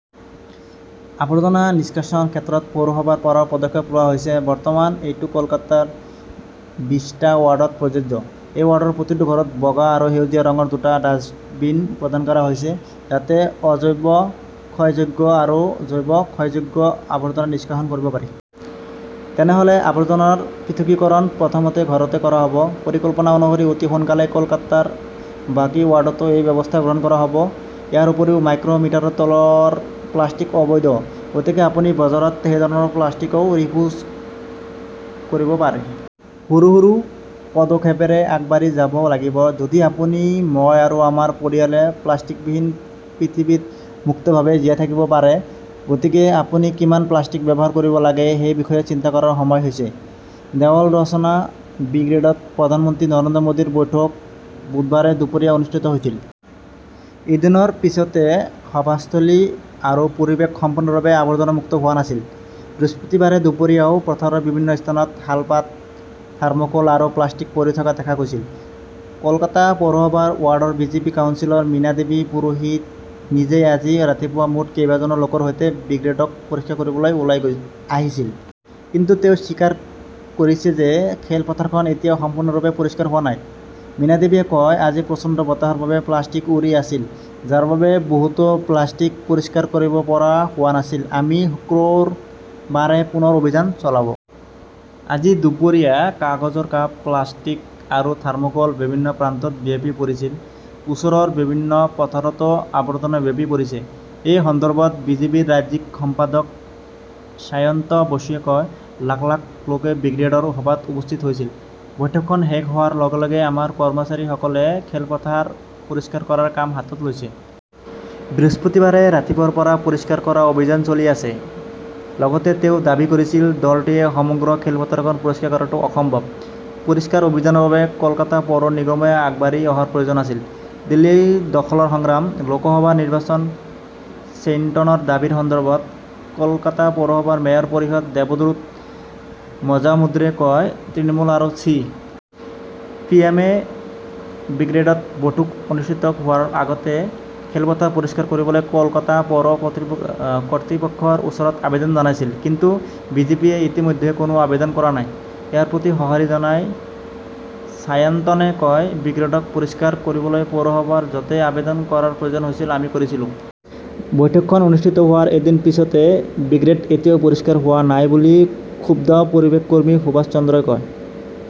আবৰ্জনা নিষ্কাশন ক্ষেত্ৰত পৌৰসভাৰ পৰাও পদক্ষেপ লোৱা হৈছে। বৰ্তমান, এইটো কলকাতাৰ বিশটা ৱাৰ্ডত প্ৰযোজ্য। এই ৱাৰ্ডৰ প্ৰতিটো ঘৰত বগা আৰু সেউজীয়া ৰঙৰ দুটা ডাস্টবিন প্ৰদান কৰা হৈছে। যাতে অ-জৈৱ-ক্ষয়যোগ্য আৰু জৈৱ-ক্ষয়যোগ্য আৱৰ্জনা নিষ্কাশন কৰিব পাৰি। তেনেহ'লে আৱৰ্জনাৰ পৃথকীকৰণ প্ৰথমতে ঘৰতে কৰা হ'ব। পৰিকল্পনা অনুসৰি অতি সোনকালেই কলকাতাৰ বাকী ৱাৰ্ডতো এই ব্যৱস্থা গ্ৰহণ কৰা হ'ব। ইয়াৰ উপৰিও মাইক্ৰ মিটাৰৰ তলৰ প্লাষ্টিক অবৈধ। গতিকে আপুনি বজাৰত সেই ধৰণৰ প্লাষ্টিকও ৰিফিউজ কৰিব পাৰে। সৰু সৰু পদক্ষেপেৰে আগবাঢ়ি যাব লাগিব। যদি আপুনি, মই আৰু আমাৰ পৰিয়ালে প্লাষ্টিকবিহীন পৃথিৱীত মুক্তভাৱে জীয়াই থাকিব পাৰে। গতিকে আপুনি কিমান প্লাষ্টিক ব্যৱহাৰ কৰিব লাগে সেই বিষয়ে চিন্তা কৰাৰ সময় হৈছে। দেৱাল ৰচনা ব্ৰিগেডত প্ৰধানমন্ত্ৰী নৰেন্দ্ৰ মোদীৰ বৈঠক বুধবাৰে দুপৰীয়া অনুষ্ঠিত হৈছিল। এদিনৰ পিছতো সভাস্থলী আৰু পৰিৱেশ সম্পূৰ্ণৰূপে আৱৰ্জনা মুক্ত হোৱা নাছিল। বৃহস্পতিবাৰে দুপৰীয়াও পথাৰৰ বিভিন্ন স্থানত শালপাত, থাৰ্মোকোল আৰু প্লাষ্টিক পৰি থকা দেখা গৈছিল। কলকাতা পৌৰসভাৰ ৱাৰ্ডৰ বিজেপি কাউন্সিলৰ মীনা দেৱী পুৰোহিত নিজেই আজি ৰাতিপুৱা মুঠ কেইবাজনো লোকৰ সৈতে ব্ৰিগেডক পৰিষ্কাৰ কৰিবলৈ ওলাই আহিছিল। কিন্তু তেওঁ স্বীকাৰ কৰিছে যে খেলপথাৰখন এতিয়াও সম্পূৰ্ণৰূপে পৰিষ্কাৰ হোৱা নাই। মীনাদেৱীয়ে কয়, আজি প্ৰচণ্ড বতাহৰ বাবে প্লাষ্টিক উৰি আছিল। যাৰ বাবে বহুতো প্লাষ্টিক পৰিষ্কাৰ কৰিব পৰা হোৱা নাছিল। আমি শুকুৰবাৰে পুনৰ অভিযান চলাব। আজি দুপৰীয়া কাগজৰ কাপ, প্লাষ্টিক আৰু থাৰ্মোকল বিভিন্ন প্ৰান্তত বিয়পি পৰিছিল। ওচৰৰ বিভিন্ন পথাৰতো আবৰ্জনা বিয়পি পৰিছে। এই সন্দৰ্ভত বিজেপিৰ ৰাজ্যিক সম্পাদক সায়ন্ত বসুৱে কয়, লাখ লাখ লোকে ব্ৰিগেডৰ সভাত উপস্থিত হৈছিল। বৈঠকখন শেষ হোৱাৰ লগে লগে আমাৰ কৰ্মচাৰীসকলে খেলপথাৰ পৰিষ্কাৰ কৰাৰ কাম হাতত লৈছে। বৃহস্পতিবাৰে ৰাতিপুৱাৰ পৰা পৰিষ্কাৰ কৰা অভিযান চলি আছে লগতে তেওঁ দাবী কৰিছিল, দলটোৱে সমগ্ৰ খেলপথাৰখন পৰিষ্কাৰ কৰাটো অসম্ভৱ। পৰিষ্কাৰ অভিযানৰ বাবে কলকাতা পৌৰ নিগমো আগবাঢ়ি অহাৰ প্ৰয়োজন আছিল। দিল্লী দখলৰ সংগ্ৰাম, লোকসভা নিৰ্বাচন চেইণ্টনৰ দাবীৰ সন্দৰ্ভত, কলকাতা পৌৰসভাৰ মেয়ৰ পৰিষদ দেৱব্ৰত মজামুদ্ৰে কয়, তৃণমূল আৰু চি. পি. এম. এ ব্ৰিগেডত বৈঠক অনুষ্ঠিত হোৱাৰ আগতে খেলপথাৰ পৰিষ্কাৰ কৰিবলৈ কলকাতা পৌৰ কৰ্তৃপক্ষৰ ওচৰত আবেদন জনাইছিল। কিন্তু বিজেপিয়ে ইতিমধ্যে কোনো আবেদন কৰা নাই। ইয়াৰ প্ৰতি সঁহাৰি জনাই ছাইয়ান্তনে কয়, ব্ৰিগেডক পৰিষ্কাৰ কৰিবলৈ পৌৰসভাৰ য'তেই আবেদন কৰাৰ প্ৰয়োজন হৈছিল আমি কৰিছিলো। বৈঠকখন অনুষ্ঠিত হোৱাৰ এদিন পিছতে বিগ্ৰড এতিয়াও পৰিষ্কাৰ হোৱা নাই বুলি ক্ষুব্ধ পৰিৱেশ কৰ্মী সুভাষ দত্তই কয়।